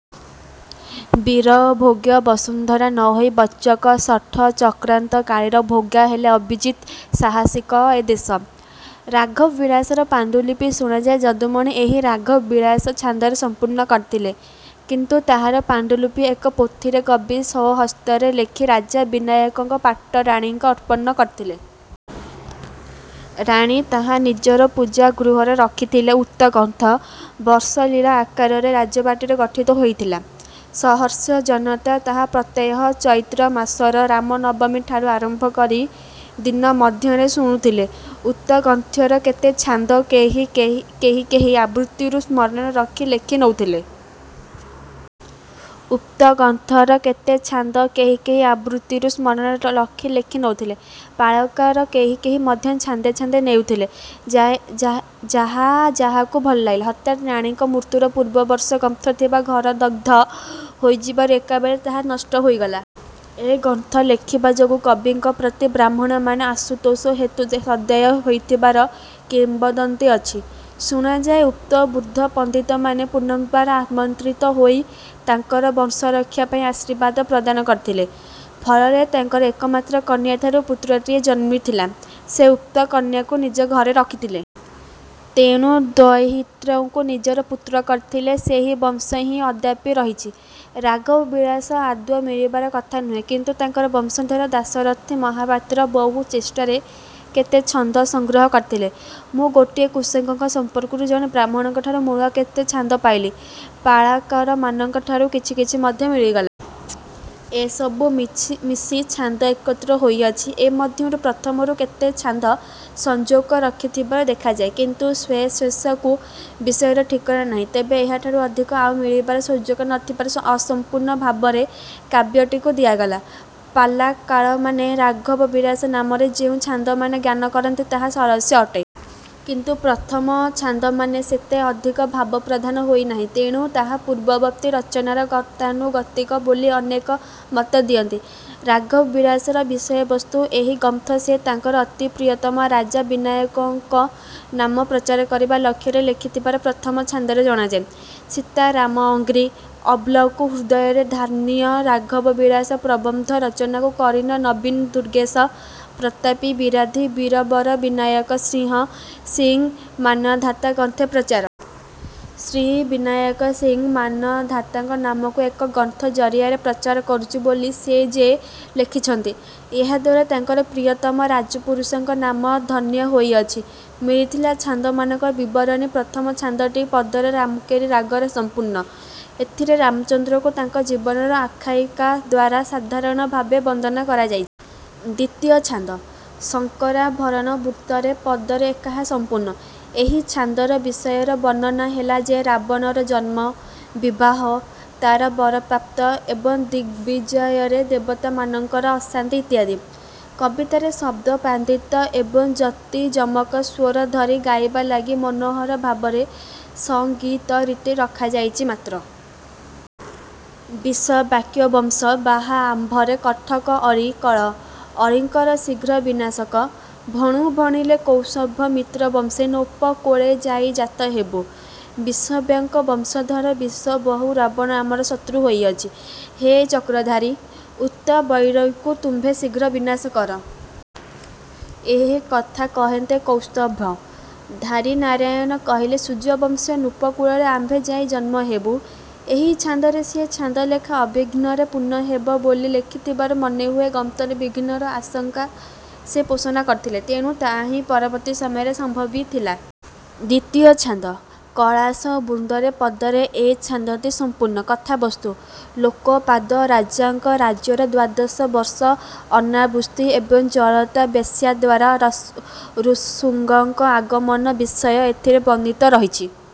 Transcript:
ବୀରଭୋଗ୍ୟା ବସୁନ୍ଧରା ନ ହୋଇ ବଞ୍ଚକ, ଶଠ, ଚକ୍ରାନ୍ତକାରୀର ଭୋଗ୍ୟା ହେଲା ଅବିଜିତ, ସାହସିକ ଏ ଦେଶ। ରାଘବ ବିଳାସର ପାଣ୍ଡୁଲିପି ଶୁଣାଯାଏ ଯଦୁମଣି ଏହି ରାଘବ ବିଳାସ ଛାନ୍ଦରେ ସମ୍ପୂର୍ଣ୍ଣ କରିଥିଲେ। କିନ୍ତୁ ତାହାର ପାଣ୍ଡୁଲିପି ଏକ ପୋଥିରେ କବି ସ୍ୱହସ୍ତରେ ଲେଖି ରାଜା ବିନାୟକଙ୍କର ପାଟରାଣୀଙ୍କୁ ଅର୍ପଣ କରିଥିଲେ। ରାଣୀ ତାହା ନିଜର ପୂଜା ଗୃହରେ ରଖିଥିଲେ। ଉକ୍ତ ଗ୍ରନ୍ଥ। ବର୍ଷ ଲୀଳା ଆକାରରେ ରାଜବାଟୀରେ ଗଠିତ ହୋଇଥିଲା। ସହସ୍ର ଜନତା ତାହା ପ୍ରତ୍ୟହ ଚୈତ୍ର ମାସର ରାମନବମୀଠାରୁ ଆରମ୍ଭ କରି ଦିନମଧ୍ୟରେ ଶୁଣୁଥିଲେ। ଉକ୍ତ ଗ୍ରନ୍ଥର କେତେ ଛାନ୍ଦ କେହି କେହି ଆବୃତ୍ତିରୁ ସ୍ମରଣ ରଖି ଲେଖି ନେଉଥିଲେ। ଉକ୍ତ ଗ୍ରନ୍ଥର କେତେ ଛାନ୍ଦ କେହି କେହି ଆବୃତ୍ତିରୁ ସ୍ମରଣ ରଖି ଲେଖି ନେଉଥିଲେ। ପାଲାକାର କେହି କେହି ମଧ୍ୟ ଛାନ୍ଦେ ଛାନ୍ଦେ ନେଇଥିଲେ- ଯାହା ଯାହାକୁ ଭଲ ଲାଗିଲା। ହଠାତ୍ ରାଣୀଙ୍କ ମୃତ୍ୟୁର ପୂର୍ବ ବର୍ଷ ଗ୍ରନ୍ଥ ଥିବା ଘର ଦଗ୍ଧ ହୋଇଯିବାରୁ ଏକାବେଳେ ତାହା ନଷ୍ଟ ହୋଇଗଲା। ଏ ଗ୍ରନ୍ଥ ଲେଖିବା ଯୋଗୁଁ କବିଙ୍କ ପ୍ରତି ବ୍ରାହ୍ମଣମାନେ ଆଶୁତୋଷ ହେତୁ ସଦୟ ହୋଇଥିବାର କିମ୍ବଦନ୍ତୀ ଅଛି। ଶୁଣାଯାଏ ଉକ୍ତ ବୃଦ୍ଧ ପଣ୍ଡିତମାନେ ପୁନର୍ବାର ଆମନ୍ତ୍ରିତ ହୋଇ ତାଙ୍କର ବଂଶରକ୍ଷା ପାଇଁ ଆଶୀର୍ବାଦ ପ୍ରଦାନ କରିଥିଲେ। ଫଳରେ ତାଙ୍କର ଏକମାତ୍ର କନ୍ୟାଠାରୁ ପୁତ୍ରଟିଏ ଜନ୍ମିଥିଲା। ସେ ଉକ୍ତ କନ୍ୟାକୁ ନିଜ ଘରେ ରଖିଥିଲେ। ତେଣୁ ଦୌହିତ୍ରକୁ ନିଜର ପୁତ୍ର କରିଥିଲେ। ସେହି ବଂଶ ହିଁ ଅଦ୍ୟାପି ରହିଛି। ରାଘବ ବିଳାସ ଆଦୌ ମିଳିବାର କଥା ନୁହେଁ। କିନ୍ତୁ ତାଙ୍କର ବଂଶଧର ଦାଶରଥି ମହାପାତ୍ର ବହୁ ଚେଷ୍ଟାରେ କେତେ ଛନ୍ଦ ସଂଗ୍ରହ କରିଥିଲେ। ମୁଁ ଗୋଟିଏ କୃଷକଙ୍କ ସଂପର୍କରୁ ଜଣେ ବ୍ରାହ୍ମଣଙ୍କଠାରୁ ମୂଳ କେତେ ଛାନ୍ଦ ପାଇଲି, ପାଲାକାରମାନଙ୍କଠାରୁ କିଛି କିଛି ମଧ୍ୟ ମିଳିଗଲା-। ଏସବୁ ମିଶି ଛାନ୍ଦ ଏକତ୍ର ହୋଇଅଛି। ଏ ମଧ୍ୟରୁ ପ୍ରଥମରୁ କେତେ ଛାନ୍ଦ ସଂଯୋଗ ରଖିଥିବାର ଦେଖାଯାଏ। କିନ୍ତୁ ଶେଷାଂଶକୁ ବିଷୟର ଠିକଣା ନାହିଁ। ତେବେ ଏହାଠାରୁ ଅଧିକ ଆଉ ମିଳିବାର ସୁଯୋଗ ନ ଥିବାରୁ ଅସଂପୂର୍ଣ୍ଣ ଭାବରେ କାବ୍ୟଟିକୁ ଦିଆଗଲା। ପାଲାକାରମାନେ ରାଘବ ବିଳାସ ନାମରେ ଯେଉଁ ଛାନ୍ଦମାନ ଗାନ କରନ୍ତି ତାହା ସରସ ଅଟେ। କିନ୍ତୁ ପ୍ରଥମ ଛାନ୍ଦମାନ ସେତେ ଅଧିକ ଭାବପ୍ରଧାନ ହୋଇ ନାହିଁ। ତେଣୁ ତାହା ପୂର୍ବବର୍ତ୍ତୀ ରଚନାର ଗତାନୁଗତିକ ବୋଲି ଅନେକେ ମତଦିଅନ୍ତି। ରାଘବ ବିଳାସର ବିଷୟବସ୍ତୁ ଏହି ଗ୍ରନ୍ଥ ସେ ତାଙ୍କର ଅତି ପ୍ରିୟତମ ରାଜା ବିନାୟକଙ୍କ ନାମ ପ୍ରଚାର କରିବା ଲକ୍ଷ୍ୟରେ ଲେଖିଥିବାର ପ୍ରଥମ ଛାନ୍ଦରେ ଜଣାଯାଏ- ସୀତା ରାମ ଅଂଘ୍ରି, ଅବ୍ଳକୁ ହୃଦୟରେ ଧ୍ୟାୟିଣ ରାଘବ ବିଳାସ ପ୍ରବନ୍ଧ ରଚନାକୁ କରିଣ ନବୀନ ଦୁର୍ଗେଶ ପ୍ରତାପୀ ବିରାଧି ବୀରବର ବିନାୟକ ସିଂହ ଶ୍ରୀ ମାନଧାତା ଗ୍ରନ୍ଥେ ପ୍ରଚାର। ଶ୍ରୀ ବିନାୟକ ସିଂହ ମାନଧାତାଙ୍କ ନାମକୁ ଏ ଗ୍ରନ୍ଥ ଜରିଆରେ ପ୍ରଚାର କରୁଛି ବୋଲି ସେ ଯେ ଲେଖିଛନ୍ତି, ଏହାଦ୍ୱାରା ତାଙ୍କର ପ୍ରିୟତମ ରାଜପୁରୁଷଙ୍କ ନାମ ଧନ୍ୟ ହୋଇଅଛି। ମିଳିଥିବା ଛାନ୍ଦମାନଙ୍କର ବିବରଣୀ- ପ୍ରଥମ ଛାନ୍ଦ- ଟି ପଦରେ ରାମକେରି ରାଗରେ ସମ୍ପୂର୍ଣ୍ଣ। ଏଥିରେ ରାମଚନ୍ଦ୍ରଙ୍କୁ ତାଙ୍କ ଜୀବନର ଆଖ୍ୟାୟିକାଦ୍ୱାରା ସାଧାରଣଭାବେ ବନ୍ଦନା କରାଯାଇଛି। ଦ୍ୱିତୀୟ ଛାନ୍ଦ- ଶଙ୍କରାଭରଣ ବୃତ୍ତରେ ପଦରେ ଏହା ସମ୍ପୂର୍ଣ୍ଣ। ଏହି ଛାନ୍ଦର ବିଷୟର ବର୍ଣ୍ଣନା ହେଲା ଯେ ରାବଣର ଜନ୍ମ, ବିବାହ, ତାର ବରପ୍ରାପ୍ତ ଏବଂ ଦିଗବିଜୟରେ ଦେବତାମାନଙ୍କର ଅଶାନ୍ତି ଇତ୍ୟାଦି। କବିତାରେ ଶବ୍ଦପାଣ୍ଡିତ୍ୟ ଏବଂ ଯତି ଯମକ, ସ୍ୱରଧରି ଗାଇବା ଲାଗି ମନୋହର ଭାବରେ ସଂଗୀତରୀତି ରଖାଯାଇଛି ମାତ୍ର। ବିଶ୍ରବାକ ବଂଶ ବାହା ଆମ୍ଭରେ କଣ୍ଟକ ଅରି କର! ଅରିଙ୍କର ଶ୍ରୀଘ୍ର ବିନାଶକ, ଭଣୁ ଭଣିଲେ କୌସ୍ତ୍ୱଭୂ ମିତ୍ର ବଂଶେ ନୃପକୁଳେ ଯାଇ ଜାତ ହେବୁ। ବିଶ୍ରବାଙ୍କ ବଂଶଧର ବିଂଶବାହୁ ରାବଣ ଆମର ଶତ୍ରୁ ହୋଇଅଛି। ହେ ଚକ୍ରଧାରୀ! ଉକ୍ତ ବୈରୀକୁ ତୁମ୍ଭେ ଶୀଘ୍ର ବିନାଶ କର। ଏ କଥା କହନ୍ତେ କୌସ୍ତୁଭ−ଧାରୀ ନାରାୟଣ କହିଲେ, ସୂର୍ୟ୍ୟବଂଶୀୟ ନୃପକୁଳରେ ଆମ୍ଭେ ଯାଇ ଜନ୍ମ ହେବୁ। ଏହି ଛାନ୍ଦରେ ସେ ଛାନ୍ଦଲେଖା ଅବିଘ୍ନରେ ପୂର୍ଣ୍ଣ ହେଲା ବୋଲି ଲେଖିଥିବାରୁ ମନେ ହୁଏ ଗ୍ରନ୍ଥରେ ବିଘ୍ନର ଆଶଙ୍କା ସେ ପୋଷଣ କରିଥିଲେ। ତେଣୁ ତାହା ହିଁ ପରବର୍ତ୍ତୀ ସମୟରେ ସମ୍ଭବିଥିଲା। ତୃତୀୟ ଛାନ୍ଦ-କଳସା ବୃତ୍ତରେ ପଦରେ ଏ ଛାନ୍ଦଟି ସଂପୂର୍ଣ୍ଣ। କଥାବସ୍ତୁ-ଲୋମପାଦ ରାଜାଙ୍କ ରାଜ୍ୟର ଦ୍ୱାଦଶ ବର୍ଷ ଅନାବୃଷ୍ଟି ଏବଂ ଜରତା ବେଶ୍ୟାଦ୍ୱାରା ଋଷ୍ୟଶୃଙ୍ଗଙ୍କ ଆଗମନ ବିଷୟ ଏଥିରେ ବର୍ଣ୍ଣିତ ରହିଛି।